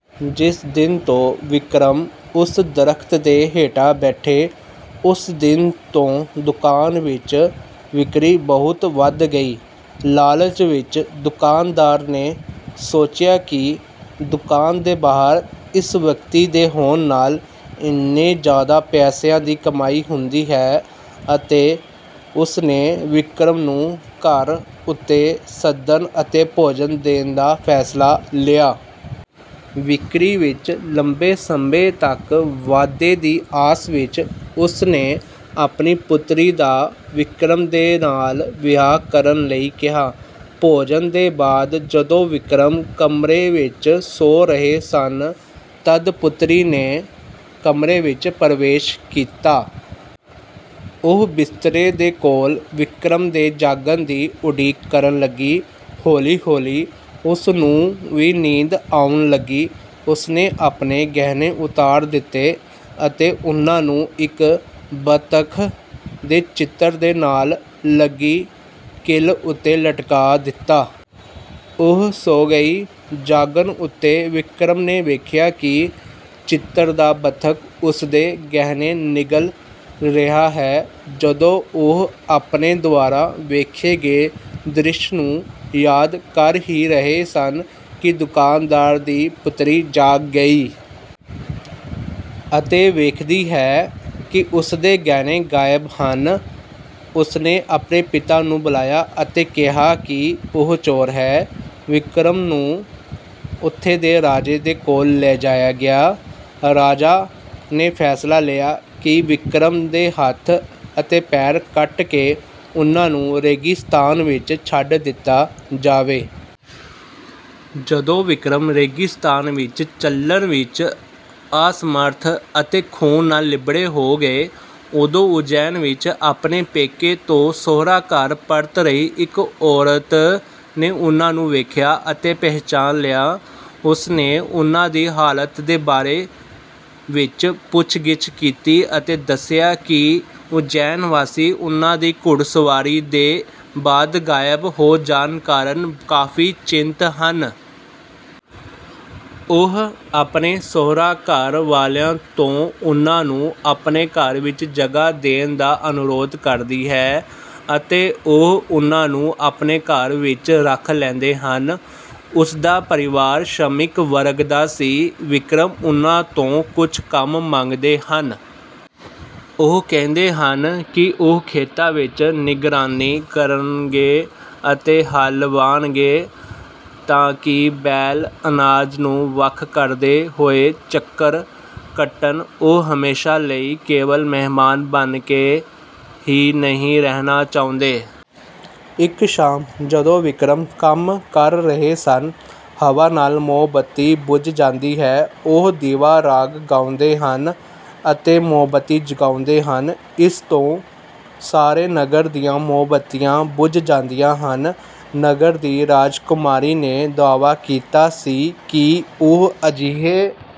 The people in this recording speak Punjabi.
ਜਿਸ ਦਿਨ ਤੋਂ ਵਿਕਰਮ ਉਸ ਦਰਖਤ ਦੇ ਹੇਠਾਂ ਬੈਠੇ, ਉਸ ਦਿਨ ਤੋਂ ਦੁਕਾਨ ਵਿੱਚ ਵਿਕਰੀ ਬਹੁਤ ਵੱਧ ਗਈ। ਲਾਲਚ ਵਿੱਚ ਦੁਕਾਨਦਾਰ ਨੇ ਸੋਚਿਆ ਕਿ ਦੁਕਾਨ ਦੇ ਬਾਹਰ ਇਸ ਵਿਅਕਤੀ ਦੇ ਹੋਣ ਨਾਲ ਇੰਨੇ ਜ਼ਿਆਦਾ ਪੈਸਿਆਂ ਦੀ ਕਮਾਈ ਹੁੰਦੀ ਹੈ ਅਤੇ ਉਸਨੇ ਵਿਕਰਮ ਨੂੰ ਘਰ ਉੱਤੇ ਸੱਦਣ ਅਤੇ ਭੋਜਨ ਦੇਣ ਦਾ ਫ਼ੈਸਲਾ ਲਿਆ। ਵਿਕਰੀ ਵਿੱਚ ਲੰਬੇ ਸਮੇਂ ਤੱਕ ਵਾਧੇ ਦੀ ਆਸ ਵਿੱਚ, ਉਸਨੇ ਆਪਣੀ ਪੁਤਰੀ ਦਾ ਵਿਕਰਮ ਦੇ ਨਾਲ ਵਿਆਹ ਕਰਨ ਲਈ ਕਿਹਾ। ਭੋਜਨ ਦੇ ਬਾਅਦ ਜਦੋਂ ਵਿਕਰਮ ਕਮਰੇ ਵਿੱਚ ਸੌ ਰਹੇ ਸਨ, ਤਦ ਪੁਤਰੀ ਨੇ ਕਮਰੇ ਵਿੱਚ ਪ੍ਰਵੇਸ਼ ਕੀਤਾ। ਉਹ ਬਿਸਤਰੇ ਦੇ ਕੋਲ ਵਿਕਰਮ ਦੇ ਜਾਗਣ ਦੀ ਉਡੀਕ ਕਰਨ ਲੱਗੀ। ਹੌਲੀ-ਹੌਲੀ ਉਸ ਨੂੰ ਵੀ ਨੀਂਦ ਆਉਣ ਲੱਗੀ। ਉਸਨੇ ਆਪਣੇ ਗਹਿਣੇ ਉਤਾਰ ਦਿੱਤੇ ਅਤੇ ਉਨ੍ਹਾਂ ਨੂੰ ਇੱਕ ਬੱਤਖ ਦੇ ਚਿੱਤਰ ਦੇ ਨਾਲ ਲੱਗੀ ਕੀਲ ਉੱਤੇ ਲਟਕਾ ਦਿੱਤਾ। ਉਹ ਸੌ ਗਈ। ਜਾਗਣ ਉੱਤੇ ਵਿਕਰਮ ਨੇ ਵੇਖਿਆ ਕਿ ਚਿੱਤਰ ਦਾ ਬੱਤਖ ਉਸਦੇ ਗਹਿਣੇ ਨਿਗਲ ਰਿਹਾ ਹੈ। ਜਦੋਂ ਉਹ ਆਪਣੇ ਦੁਆਰਾ ਵੇਖੇ ਗਏ ਦ੍ਰਿਸ਼ ਨੂੰ ਯਾਦ ਕਰ ਹੀ ਰਹੇ ਸਨ ਕਿ ਦੁਕਾਨਦਾਰ ਦੀ ਪੁਤਰੀ ਜਾਗ ਗਈ। ਅਤੇ ਵੇਖਦੀ ਹੈ ਕਿ ਉਸਦੇ ਗਹਿਣੇ ਗਾਇਬ ਹਨ। ਉਸਨੇ ਆਪਣੇ ਪਿਤਾ ਨੂੰ ਬੁਲਾਇਆ ਅਤੇ ਕਿਹਾ ਕਿ ਉਹ ਚੋਰ ਹੈ। ਵਿਕਰਮ ਨੂੰ ਉੱਥੇ ਦੇ ਰਾਜੇ ਦੇ ਕੋਲ ਲੈ ਜਾਇਆ ਗਿਆ। ਰਾਜਾ ਨੇ ਫ਼ੈਸਲਾ ਲਿਆ ਕਿ ਵਿਕਰਮ ਦੇ ਹੱਥ ਅਤੇ ਪੈਰ ਕੱਟ ਕੇ ਉਨ੍ਹਾਂ ਨੂੰ ਰੇਗਿਸਤਾਨ ਵਿੱਚ ਛੱਡ ਦਿੱਤਾ ਜਾਵੇ। ਜਦੋਂ ਵਿਕਰਮ ਰੇਗਿਸਤਾਨ ਵਿੱਚ ਚੱਲਣ ਵਿੱਚ ਅਸਮਰਥ ਅਤੇ ਖੂਨ ਨਾਲ ਲਿਬੜੇ ਹੋ ਗਏ, ਉਦੋਂ ਉੱਜੈਨ ਵਿੱਚ ਆਪਣੇ ਪੇਕੇ ਤੋਂ ਸਹੁਰਾ-ਘਰ ਪਰਤ ਰਹੀ ਇੱਕ ਔਰਤ ਨੇ ਉਨ੍ਹਾਂ ਨੂੰ ਵੇਖਿਆ ਅਤੇ ਪਛਾਣ ਲਿਆ। ਉਸਨੇ ਉਨ੍ਹਾਂ ਦੀ ਹਾਲਤ ਦੇ ਬਾਰੇ ਵਿੱਚ ਪੁੱਛਗਿੱਛ ਕੀਤੀ ਅਤੇ ਦੱਸਿਆ ਕਿ ਉੱਜੈਨਵਾਸੀ ਉਨ੍ਹਾਂ ਦੀ ਘੁੜਸਵਾਰੀ ਦੇ ਬਾਅਦ ਗਾਇਬ ਹੋ ਜਾਣ ਕਾਰਨ ਕਾਫ਼ੀ ਚਿੰਤ ਹਨ। ਉਹ ਆਪਣੇ ਸਹੁਰਾ-ਘਰ ਵਾਲਿਆਂ ਤੋਂ ਉਨ੍ਹਾਂ ਨੂੰ ਆਪਣੇ ਘਰ ਵਿੱਚ ਜਗ੍ਹਾ ਦੇਣ ਦਾ ਅਨੁਰੋਧ ਕਰਦੀ ਹੈ ਅਤੇ ਉਹ ਉਨ੍ਹਾਂ ਨੂੰ ਆਪਣੇ ਘਰ ਵਿੱਚ ਰੱਖ ਲੈਂਦੇ ਹਨ। ਉਸਦਾ ਪਰਿਵਾਰ ਸ਼ਰਮਿਕ ਵਰਗ ਦਾ ਸੀ। ਵਿਕਰਮ ਉਨ੍ਹਾਂ ਤੋਂ ਕੁਝ ਕੰਮ ਮੰਗਦੇ ਹਨ। ਉਹ ਕਹਿੰਦੇ ਹਨ ਕਿ ਉਹ ਖੇਤਾਂ ਵਿੱਚ ਨਿਗਰਾਨੀ ਕਰਨਗੇ ਅਤੇ ਹਲ ਵਾਹਣਗੇ ਤਾਂ ਕਿ ਬੈਲ ਅਨਾਜ ਨੂੰ ਵੱਖ ਕਰਦੇ ਹੋਏ ਚੱਕਰ ਕੱਟਣ। ਉਹ ਹਮੇਸ਼ਾ ਲਈ ਕੇਵਲ ਮਹਿਮਾਨ ਬਣ ਕੇ ਹੀ ਨਹੀਂ ਰਹਿਣਾ ਚਾਹੁੰਦੇ। ਇੱਕ ਸ਼ਾਮ ਜਦੋਂ ਵਿਕਰਮ ਕੰਮ ਕਰ ਰਹੇ ਸਨ, ਹਵਾ ਨਾਲ ਮੋਮਬੱਤੀ ਬੁਝ ਜਾਂਦੀ ਹੈ। ਉਹ ਦੀਵਾ ਰਾਗ ਗਾਉਂਦੇ ਹਨ ਅਤੇ ਮੋਮਬੱਤੀ ਜਗਾਉਂਦੇ ਹਨ। ਇਸ ਤੋਂ ਸਾਰੇ ਨਗਰ ਦੀਆਂ ਮੋਮਬੱਤੀਆਂ ਬੁਝ ਜਾਂਦੀਆਂ ਹਨ। ਨਗਰ ਦੀ ਰਾਜਕੁਮਾਰੀ ਨੇ ਦਾਅਵਾ ਕੀਤਾ ਸੀ ਕਿ ਉਹ ਅਜਿਹੇ